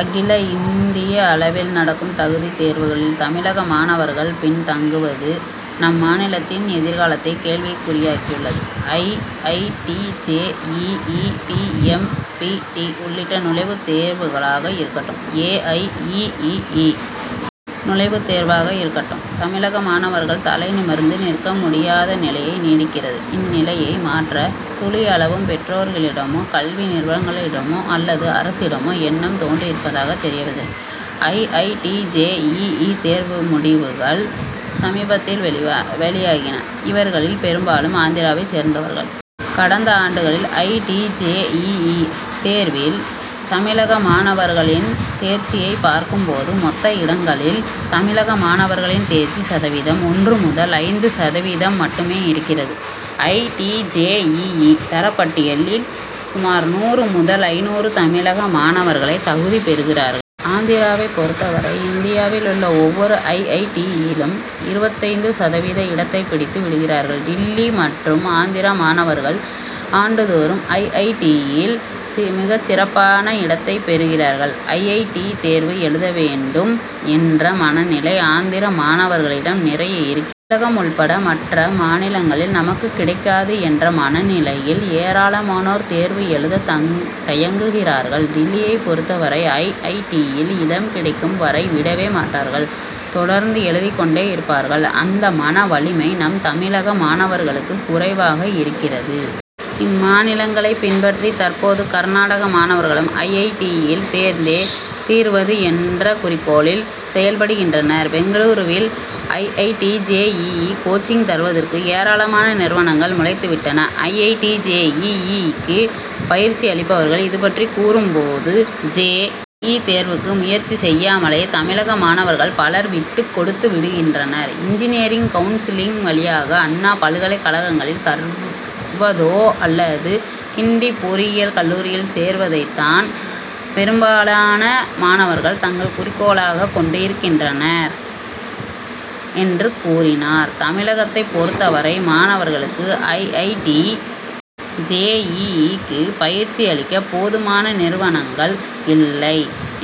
அகில இந்திய அளவில் நடக்கும் தகுதித் தேர்வுகளில், தமிழக மாணவர்கள் பின் தங்குவது, நம் மாநிலத்தின் எதிர்காலத்தை கேள்விக்குறியாக்கியுள்ளது. I. I. T. J. E. E., P. M. P. T., உள்ளிட்ட நுழைவுத் தேர்வுகளாக இருக்கட்டும், ஏ. ஐ. இ. இ. இ., நுழைவுத் தேர்வாக இருக்கட்டும், தமிழக மாணவர்கள் தலைநிமிர்ந்து நிற்க முடியாத நிலையை நீடிக்கிறது. இந்நிலையை மாற்ற, துளி அளவும் பெற்றோர்களிடமோ, கல்வி நிறுவனங்களிடமோ அல்லது அரசிடமோ எண்ணம் தோன்றியிருப்பதாக தெரியவில்லை. I. I. T., J. E. E., தேர்வு முடிவுகள் சமீபத்தில் வெளியாகின. இவர்களில் பெரும்பாலும் ஆந்திராவைச் சேர்ந்தவர்கள். கடந்த ஆண்டுகளில் I. T. J. E. E., தேர்வில் தமிழக மாணவர்களின் தேர்ச்சியைப் பார்க்கும் போது, மொத்த இடங்களில் தமிழக மாணவர்களின் தேர்ச்சி சதவீதம் ஒன்று முதல் ஐந்து சதவீதம் மட்டுமேஇருக்கிறது. I. T. J. E. E., தரப்பட்டியலில் சுமார் நூறு முதல் ஐந்நூறு தமிழக மாணவர்களே தகுதி பெறுகிறார்கள். ஆந்திராவைப் பொறுத்தவரை இந்தியாவில் உள்ள ஒவ்வொரு ஐ. ஐ. டி.,யிலும் இருபத்தைந்து சதவீத இடத்தைப் பிடித்து விடுகிறார்கள். டில்லி மற்றும் ஆந்திரா மாணவர்கள் ஆண்டுதோறும் ஐ. ஐ. டி.,யில் மிகச்சிறப்பான இடத்தைப் பெறுகிறார்கள். ஐ. ஐ. டி., தேர்வு எழுத வேண்டும் என்ற மனநிலை ஆந்திர மாணவர்களிடம் நிறைய இருக்கிறது. தமிழகம் உள்பட மற்ற மாநிலங்களில், நமக்குக் கிடைக்காது' என்ற மனநிலையில் ஏராளமானோர் தேர்வு எழுதத் தயங்குகிறார்கள். டில்லியைப் பொறுத்தவரை, ஐ. ஐ. டி.,யில் இடம் கிடைக்கும் வரை, விடவே மாட்டார்கள். தொடர்ந்து எழுதிக் கொண்டே இருப்பார்கள். அந்த மனவலிமை நம் தமிழக மாணவர்களுக்கு குறைவாக இருக்கிறது. இம்மாநிலங்களைப் பின்பற்றி தற்போது கர்நாடக மாணவர்களும், ஐ. ஐ. டி.,யில் சேர்ந்தே தீருவது என்ற குறிக்கோளில் செயல்படுகின்றனர். பெங்களூருவில் I. I. T. J. E. E., coaching தருவதற்கு ஏராளமான நிறுவனங்கள் முளைத்துவிட்டன. I. I. T. J. E. இ.,க்கு பயிற்சி அளிப்பவர்கள் இது பற்றி கூறும் போது, ஜே. இ., தேர்வுக்கு முயற்சி செய்யாமலேயே தமிழக மாணவர்கள் பலர் விட்டுக் கொடுத்துவிடுகின்றனர். இன்ஜினியரிங் கவுன்சிலிங் வழியாக அண்ணா பல்கலைக்கழகங்களில் சேர்வதோ அல்லது கிண்டி பொறியியல் கல்லூரியில்சேர்வதைத்தான் பெரும்பாலான மாணவர்கள் தங்கள் குறிக்கோளாகக் கொண்டிருக்கின்றனர் என்று கூறினார். தமிழகத்தைப் பொறுத்தவரை மாணவர்களுக்கு I. I. T. J. E. இ.,க்கு பயிற்சி அளிக்க போதுமான றுவனங்கள் இல்லை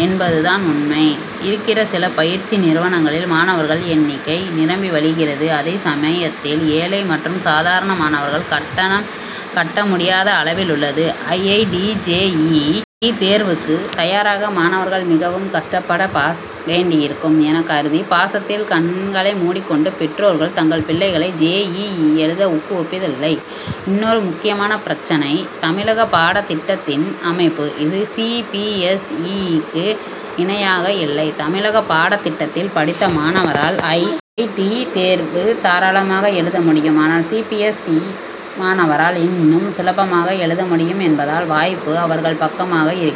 என்பதுதான் உண்மை. இருக்கிற சில பயிற்சி நிறுவனங்களில் மாணவர்கள் எண்ணிக்கை நிரம்பி வழிகிறது. அதே சமயத்தில், ஏழை மற்றும்சாதாரண மாணவர்கள் கட்டணம் கட்ட முடியாத அளவில் உள்ளது. I. I. T. J. E. இ.,தேர்வுக்கு தயாராக மாணவர்கள் மிகவும் கஷ்டப்பட வேண்டியிருக்கும் எனக் கருதி பாசத்தில் கண்களை மூடிக்கொண்டு பெற்றோர்கள், தங்கள் பிள்ளைகளை ஜே. இ. இ., எழுத ஊக்குவிப்பதில்லை. இன்னொரு முக்கியமான பிரச்னை, தமிழக பாடத்திட்டத்தின் அமைப்பு. இது சி. பி. எஸ். இ.,க்கு இணையாக இல்லை. தமிழக பாடத்திட்டத்தில் படித்த மாணவரால் ஐ. ஐ. டி., தேர்வு தாராளமாக எழுத முடியும். ஆனால், சி. பி. எஸ். இ., மாணவரால் இன்னும் சுலபமாக எழுத முடியும் என்பதால் வாய்ப்பு அவர்கள் பக்கமாக இருக்கிறது.